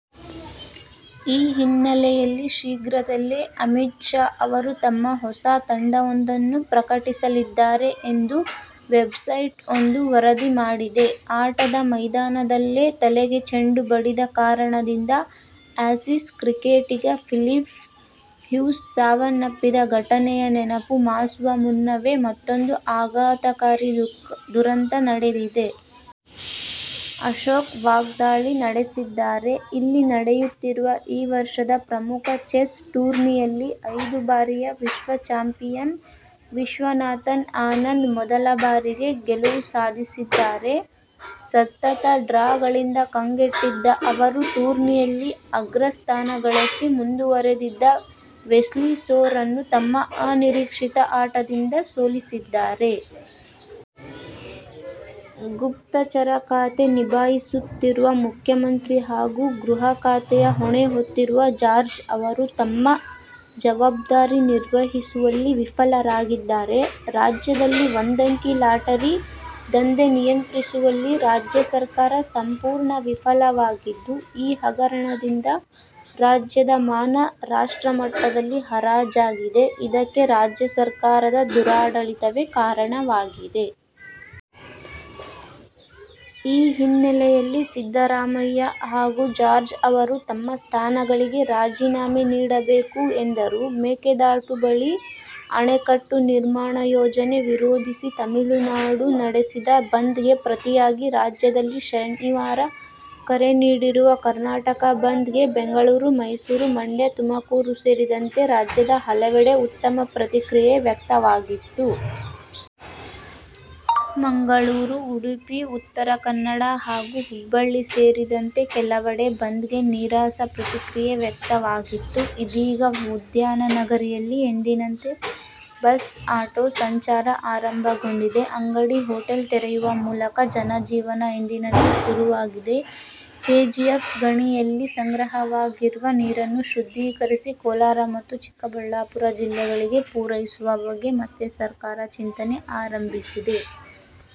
ಈ ಹಿನ್ನೆಲೆಯಲ್ಲಿ ಶೀಘ್ರದಲ್ಲೇ ಅಮಿತ್ ಶಾ ಅವರು ತಮ್ಮ ಹೊಸ ತಂಡವೊಂದನ್ನು ಪ್ರಕಟಿಸಲಿದ್ದಾರೆ ಎಂದು ವೆಬ್ಸೈಟೊಂದು ವರದಿ ಮಾಡಿದೆ. ಆಟದ ಮೈದಾನದಲ್ಲೇ ತಲೆಗೆ ಚೆಂಡು ಬಡಿದ ಕಾರಣದಿಂದ ಆಸೀಸ್ ಕ್ರಿಕೆಟಿಗ ಫಿಲಿಪ್ ಹ್ಯೂಸ್ ಸಾವನ್ನಪ್ಪಿದ್ದ ಘಟನೆಯ ನೆನಪು ಮಾಸುವ ಮುನ್ನವೇ ಮತ್ತೊಂದು ಆಘಾತಕಾರಿ ದುರಂತ ನಡೆದಿದೆ. ಅಶೋಕ್ ವಾಗ್ದಾಳಿ ನಡೆಸಿದ್ದಾರೆ. ಇಲ್ಲಿ ನಡೆಯುತ್ತಿರುವ ಈ ವರ್ಷದ ಪ್ರಮುಖ ಚೆಸ್ ಟೂರ್ನಿಯಲ್ಲಿ ಐದು ಬಾರಿಯ ವಿಶ್ವಚಾಂಪಿಯನ್ ವಿಶ್ವನಾಥನ್ ಆನಂದ್ ಮೊದಲ ಬಾರಿಗೆ ಗೆಲುವು ಸಾಧಿಸಿದ್ದಾರೆ. ಸತತ ಡ್ರಾಗಳಿಂದ ಕಂಗೆಟ್ಟಿದ್ದ ಅವರು ಟೂರ್ನಿಯಲ್ಲಿ ಅಗ್ರಸ್ಥಾನ ಗಳಿಸಿ ಮುಂದುವರೆದಿದ್ದ ವೆಸ್ಲಿ ಸೋರನ್ನು ತಮ್ಮ ಅನಿರೀಕ್ಷಿತ ಆಟದಿಂದ ಸೋಲಿಸಿದ್ದಾರೆ. ಗುಪ್ತಚರ ಖಾತೆ ನಿಭಾಯಿಸುತ್ತಿರುವ ಮುಖ್ಯಮಂತ್ರಿ ಹಾಗೂ ಗೃಹ ಖಾತೆಯ ಹೊಣೆ ಹೊತ್ತಿರುವ ಜಾರ್ಜ್ ಅವರು ತಮ್ಮ ಜವಾಬ್ದಾರಿ ನಿರ್ವಹಿಸುವಲ್ಲಿ ವಿಫಲರಾಗಿದ್ದಾರೆ. ರಾಜ್ಯದಲ್ಲಿ ಒಂದಂಕಿ ಲಾಟರಿ ದಂಧೆ ನಿಯಂತ್ರಿಸುವಲ್ಲಿ ರಾಜ್ಯ ಸರ್ಕಾರ ಸಂಪೂರ್ಣ ವಿಫಲವಾಗಿದ್ದು, ಈ ಹಗರಣದಿಂದ ರಾಜ್ಯದ ಮಾನ ರಾಷ್ಟ್ರಮಟ್ಟದಲ್ಲಿ ಹರಾಜಾಗಿದೆ. ಇದಕ್ಕೆ ರಾಜ್ಯ ಸರ್ಕಾರದ ದುರಾಡಳಿತವೇ ಕಾರಣವಾಗಿದೆ. ಈ ಹಿನ್ನೆಲೆಯಲ್ಲಿ ಸಿದ್ದರಾಮಯ್ಯ ಹಾಗೂ ಜಾರ್ಜ್ ಅವರು ತಮ್ಮ ಸ್ಥಾನಗಳಿಗೆ ರಾಜೀನಾಮೆ ನೀಡಬೇಕು ಎಂದರು. ಮೇಕೆದಾಟು ಬಳಿ ಅಣೆಕಟ್ಟು ನಿರ್ಮಾಣ ಯೋಜನೆ ವಿರೋಧಿಸಿ ತಮಿಳುನಾಡು ನಡೆಸಿದ ಬಂದ್ ಗೆ ಪ್ರತಿಯಾಗಿ ರಾಜ್ಯದಲ್ಲಿ ಶನಿವಾರ ಕರೆ ನೀಡಿರುವ ಕರ್ನಾಟಕ ಬಂದ್ ಗೆ ಬೆಂಗಳೂರು, ಮೈಸೂರು, ಮಂಡ್ಯ, ತುಮಕೂರು ಸೇರಿದಂತೆ ರಾಜ್ಯದ ಹಲವೆಡೆ ಉತ್ತಮ ಪ್ರತಿಕ್ರಿಯೆ ವ್ಯಕ್ತವಾಗಿತ್ತು. ಮಂಗಳೂರು, ಉಡುಪಿ, ಉತ್ತರ ಕನ್ನಡ ಹಾಗೂ ಹುಬ್ಬಳ್ಳಿ ಸೇರಿದಂತೆ ಕೆಲವೆಡೆ ಬಂದ್ ಗೆ ನೀರಸ ಪ್ರತಿಕ್ರಿಯೆ ವ್ಯಕ್ತವಾಗಿತ್ತು. ಇದೀಗ ಉದ್ಯಾನನಗರಿಯಲ್ಲಿ ಎಂದಿನಂತೆ ಬಸ್, ಆಟೋ ಸಂಚಾರ ಆರಂಭಗೊಂಡಿದೆ. ಅಂಗಡಿ, ಹೋಟೆಲ್ ತೆರೆಯುವ ಮೂಲಕ ಜನಜೀವನ ಎಂದಿನಂತೆ ಶುರುವಾಗಿದೆ. ಕೆಜಿಎಫ್ ಗಣಿಯಲ್ಲಿ ಸಂಗ್ರಹವಾಗಿರುವ ನೀರನ್ನು ಶುದ್ಧೀಕರಿಸಿ ಕೋಲಾರ ಮತ್ತು ಚಿಕ್ಕಬಳ್ಳಾಪುರ ಜಿಲ್ಲೆಗಳಿಗೆ ಪೂರೈಸುವ ಬಗ್ಗೆ ಮತ್ತೆ ಸರ್ಕಾರ ಚಿಂತನೆ ಆರಂಭಿಸಿದೆ.